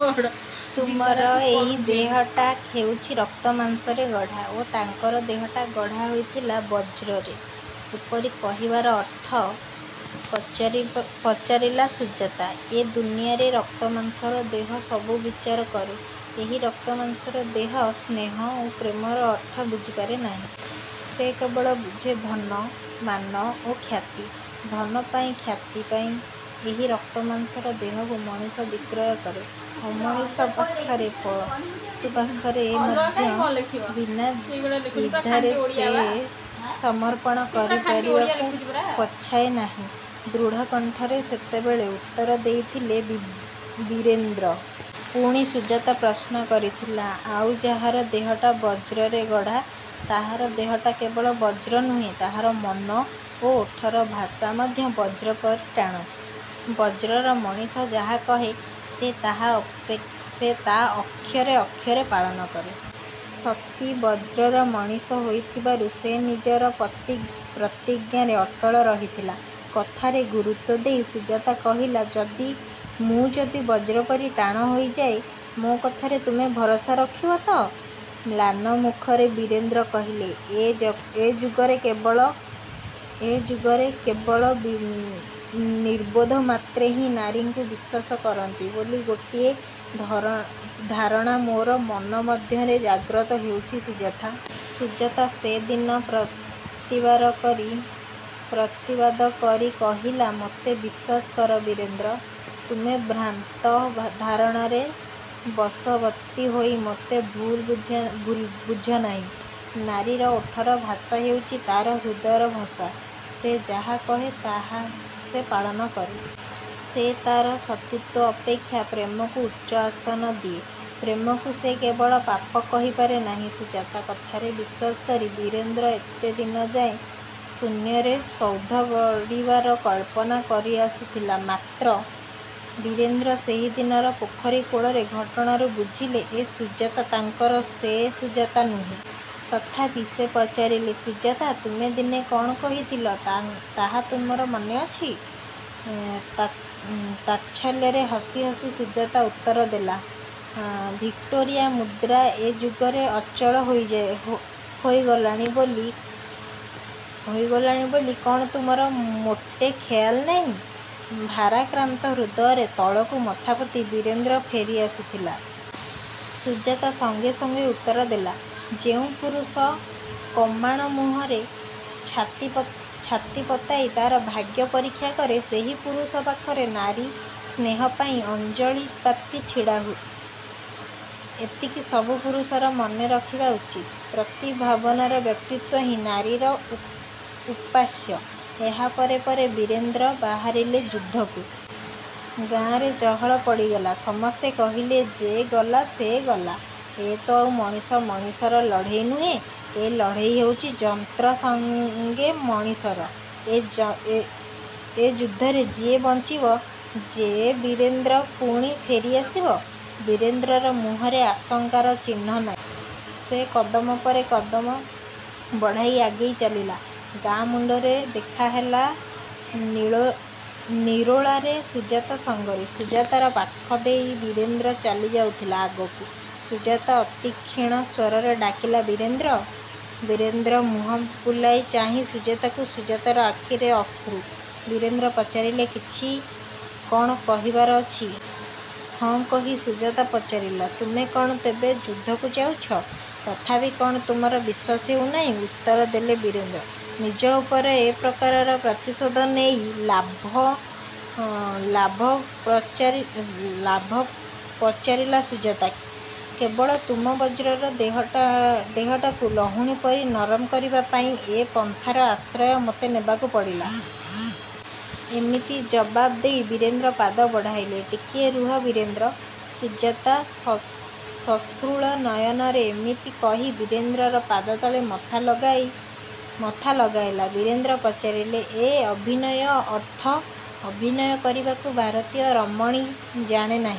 ତୁମର ଏହି ଦେହଟା ହେଉଛି ରକ୍ତମାଂସରେ ଗଢ଼ା ଓ ତାଙ୍କର ଦେହଟା ଗଢ଼ା ହୋଇଥିଲା ବଜ୍ରରେ। '' ଏପରି କହିବାର ଅର୍ଥ? ପଚାରିଲା ସୁଜାତା। ''ଏ ଦୁନିଆରେ ରକ୍ତମାଂସର ଦେହ ସବୁ ବିଚାର କରେ। ଏହି ରକ୍ତମାଂସର ଦେହ, ସ୍ନେହ ଓ ପ୍ରେମର ଅର୍ଥ ବୁଝିପାରେ ନାହିଁ। ସେ କେବଳ ବୁଝେ ଧନ, ମାନ ଓ ଖ୍ୟାତି। ଧନ ପାଇଁ, ଖ୍ୟାତି ପାଇଁ, ଏହି ରକ୍ତମାଂସର ଦେହକୁ ମଣିଷ ବିକ୍ରୟ କରେ ଅମଣିଷ ପାଖରେ। ପଶୁ ପାଖରେ ମଧ୍ୟ ବିନା ଦ୍ୱିଧାରେ ସେ ସମର୍ପଣ କରିଦେବାକୁ ପଛାଏ ନାହିଁ। '' ଦୃଢ଼କଣ୍ଠରେ ସେତେବେଳେ ଉତ୍ତର ଦେଇଥିଲେ ବୀରେନ୍ଦ୍ର। ପୁଣି ସୁଜାତା ପ୍ରଶ୍ନ କରିଥିଲା, ''ଆଉ ଯାହାର ଦେହଟା ବ୍ରଜରେ ଗଢ଼ା? '' ''ତାହାର ଦେହଟା କେବଳ ବଜ୍ର ନୁହେଁ, ତାହାର ମନ ଓ ଓଠର ଭାଷା ମଧ୍ୟ ବଜ୍ର ପରି ଟାଣ। ବଜ୍ରର ମଣିଷ ଯାହା କହେ, ସେ ତାହା ଅକ୍ଷରେ ଅକ୍ଷରେ ପାଳନ କରେ। ସତୀ ବଜ୍ରର ମଣିଷ ହୋଇଥିବାରୁ ସେ ନିଜର ପ୍ରତିଜ୍ଞାରେ ଅଟଳ ରହିଥିଲେ। '' କଥାରେ ଗୁରୁତ୍ୱ ଦେଇ ସୁଜାତା କହିଲା, ''ମୁଁ ଯଦି ବଜ୍ରପରି ଟାଣ ହୋଇଯାଏ, ମୋ କଥାରେ ତୁମେ ଭରସା ରଖିବ ତ? '' ମ୍ଳାନ ମୁଖରେ ବୀରେନ୍ଦ୍ର କହିଲେ, ''ଏ ଯୁଗରେ କେବଳ ନିର୍ବୋଧ ମାତ୍ରେ ହିଁ ନାରୀକୁ ବିଶ୍ୱାସ କରନ୍ତି ବୋଲି ଗୋଟିଏ ଧାରଣା ମୋର ମନ ମଧ୍ୟରେ ଜାଗ୍ରତ ହେଉଛି ସୁଜାତା। '' ସୁଜାତା ସେ ଦିନ ପ୍ରତିବାଦ କରି କହିଥିଲା, ''ମୋତେ ବିଶ୍ୱାସ କର ବୀରେନ୍ଦ୍ର! ତୁମେ ଭ୍ରାନ୍ତ ଧାରଣାର ବଶବର୍ତ୍ତୀ ହୋଇ ମୋତେ ଭୁଲ ବୁଝନାହିଁ। ନାରୀର ଓଠର ଭାଷା ହେଉଛି ତା'ର ହୃଦୟର ଭାଷା।। ସେ ଯାହା କହେ ତାହା ସେ ପାଳନ କରେ। ସେ ତା'ର ସତୀତ୍ୱ ଅପେକ୍ଷା ପ୍ରେମକୁ ଉଚ୍ଚ ଆସନ ଦିଏ। ପ୍ରେମକୁ ସେ କେବେ ପାପ କହିପାରେ ନାହିଁ। '' ସୁଜାତା କଥାରେ ବିଶ୍ୱାସ କରି ବୀରେନ୍ଦ୍ର ଏତେ ଦିନଯାଏ ଶୂନ୍ୟରେ ସୌଧ ଗଢ଼ିବାର କଳ୍ପନା କରିଆସୁଥିଲେ। ମାତ୍ର ବୀରେନ୍ଦ୍ର ସେହିଦିନର ପୋଖରୀ କୂଳର ଘଟଣାରୁ ବୁଝିଲେ ଏ ସୁଜାତା ତାଙ୍କର ସେ ସୁଜାତା ନୁହେଁ। ତଥାପି ସେ ପଚାରିଲେ ''ସୁଜାତା! ତୁମେ ଦିନେ କ'ଣ କହିଥିଲ ତାହା ତୁମର ମନେଅଛି? '' ତାଚ୍ଛଲ୍ୟର ହସି ହସି ସୁଜାତା ଉତ୍ତରଦେଲା, 'ଭିକ୍ଟୋରିଆ ମୁଦ୍ରା ଏ ଯୁଗରେ ଅଚଳ ହୋଇଗଲାଣି ବୋଲି କ'ଣ ତୁମର ମୋଟେ ଖେୟାଲ ନାହିଁ। ' ଭାରାକ୍ରାନ୍ତ ହୃଦୟରେ ତଳକୁ ମଥାପୋତି ବୀରେନ୍ଦ୍ର ଫେରିଆସୁଥିଲେ। ସୁଜାତା ସଙ୍ଗେ ସଙ୍ଗେ ଉତ୍ତରଦେଲା, ''ଯେଉଁ ପୁରୁଷ କମାଣ ମୁହଁରେ ଛାତି ପତାଇ ତା'ର ଭାଗ୍ୟ ପରୀକ୍ଷା କରେ ସେହି ପୁରୁଷ ପାଖରେ ନାରୀ ସ୍ନେହ ପାଇଁ ଅଞ୍ଜଳି ପାତି ଛିଡ଼ାହୁଏ। ଏତିକି ସବୁ ପୁରୁଷର ମନେରଖିବା ଉଚିତ। ପ୍ରତିଭାବାନ୍ ବ୍ୟକ୍ତିହିଁ ନାରୀର ଉପାସ୍ୟ। '' ଏହା ପରେ ପରେ ବୀରେନ୍ଦ୍ର ବାହାରିଲେ ଯୁଦ୍ଧକୁ। ଗାଁରେ ଚହଳ ପଡ଼ିଗଲା। ସମସ୍ତେ କହିଲେ ଯେ ଗଲା ସେ ଗଲା। ଏ ତ ଆଉ ମଣିଷ ମଣିଷର ଲଢ଼େଇ ନୁହେଁ। ଏ ଲଢ଼େଇ ହେଉଛି ଯନ୍ତ୍ର ସଙ୍ଗେ ମଣିଷର। ଏ ଯୁଦ୍ଧରେ କିଏ ବଞ୍ଚିବ ଯେ ବୀରେନ୍ଦ୍ର ପୁଣି ଫେରିଆସିବ? ବୀରେନ୍ଦ୍ରର ମୁହଁରେ ଆଶଙ୍କାର ଚିହ୍ନ ନାହିଁ। ସେ କଦମ ପରେ କଦମ ବଢ଼ାଇ ଆଗେଇ ଚାଲିଲେ। ଗାଁ ମୁଣ୍ଡରେ ଦେଖାହେଲା ନିରୋଳାରେ ସୁଜାତା ସଙ୍ଗରେ। ସୁଜାତାର ପାଖଦେଇ ବୀରେନ୍ଦ୍ର ଚାଲିଯାଉଥିଲେ ଆଗକୁ। ସୁଜାତା ଅତିକ୍ଷୀଣ ସ୍ୱରରେ ଡାକିଲା ''ବୀରେନ୍ଦ୍ର! '' ବୀରେନ୍ଦ୍ର ମୁହଁ ବୁଲାଇ ଚାହିଁଲେ ସୁଜାତାକୁ। ସୁଜାତାର ଆଖିରେ ଅଶ୍ରୁ। ବୀରେନ୍ଦ୍ର ପଚାରିଲେ, ''କିଛି କ'ଣ କହିବାର ଅଛି? '' 'ହଁ' କହି ସୁଜାତା ପଚାରିଲା, ''ତୁମେ କ'ଣ ତେବେ ଯୁଦ୍ଧକୁ ଯାଉଛ? '' ''ତଥାପି କ'ଣ ତୁମର ବିଶ୍ୱାସ ହେଉନାହିଁ? '' ଉତ୍ତରଦେଲେ ବୀରେନ୍ଦ୍ର। ''ନିଜ ଉପରେ ଏ ପ୍ରକାର ପ୍ରତିଶୋଧ ନେଇ ଲାଭ? '' ପଚାରିଲା ସୁଜାତା। ''କେବଳ ତମର ବଜ୍ରର ଦେହଟାକୁ ଲହୁଣୀ ପରି ନରମ କରିବା ପାଇଁ ଏ ପନ୍ଥାର ଆଶ୍ରୟ ମୋତେ ନେବାକୁ ପଡ଼ିଲା। '' ଏତିକି ଜବାବ୍ ଦେଇ ବୀରେନ୍ଦ୍ର ପାଦ ବଢ଼ାଇଲେ। ''ଟିକିଏ ରୁହ ବୀରେନ୍ଦ୍ର! '' ସୁଜାତା ସଶ୍ରୁଳ ନୟନରେ ଏତିକି କହି ବୀରେନ୍ଦ୍ରର ପାଦତଳେ ମଥା ଲଗାଇଲା। ବୀରେନ୍ଦ୍ର ପଚାରିଲେ, ''ଏ ଅଭିନୟର ଅର୍ଥ? ଅଭିନୟ କରିବାକୁ ଭାରତୀୟ ରମଣୀ ଜାଣେନାହିଁ।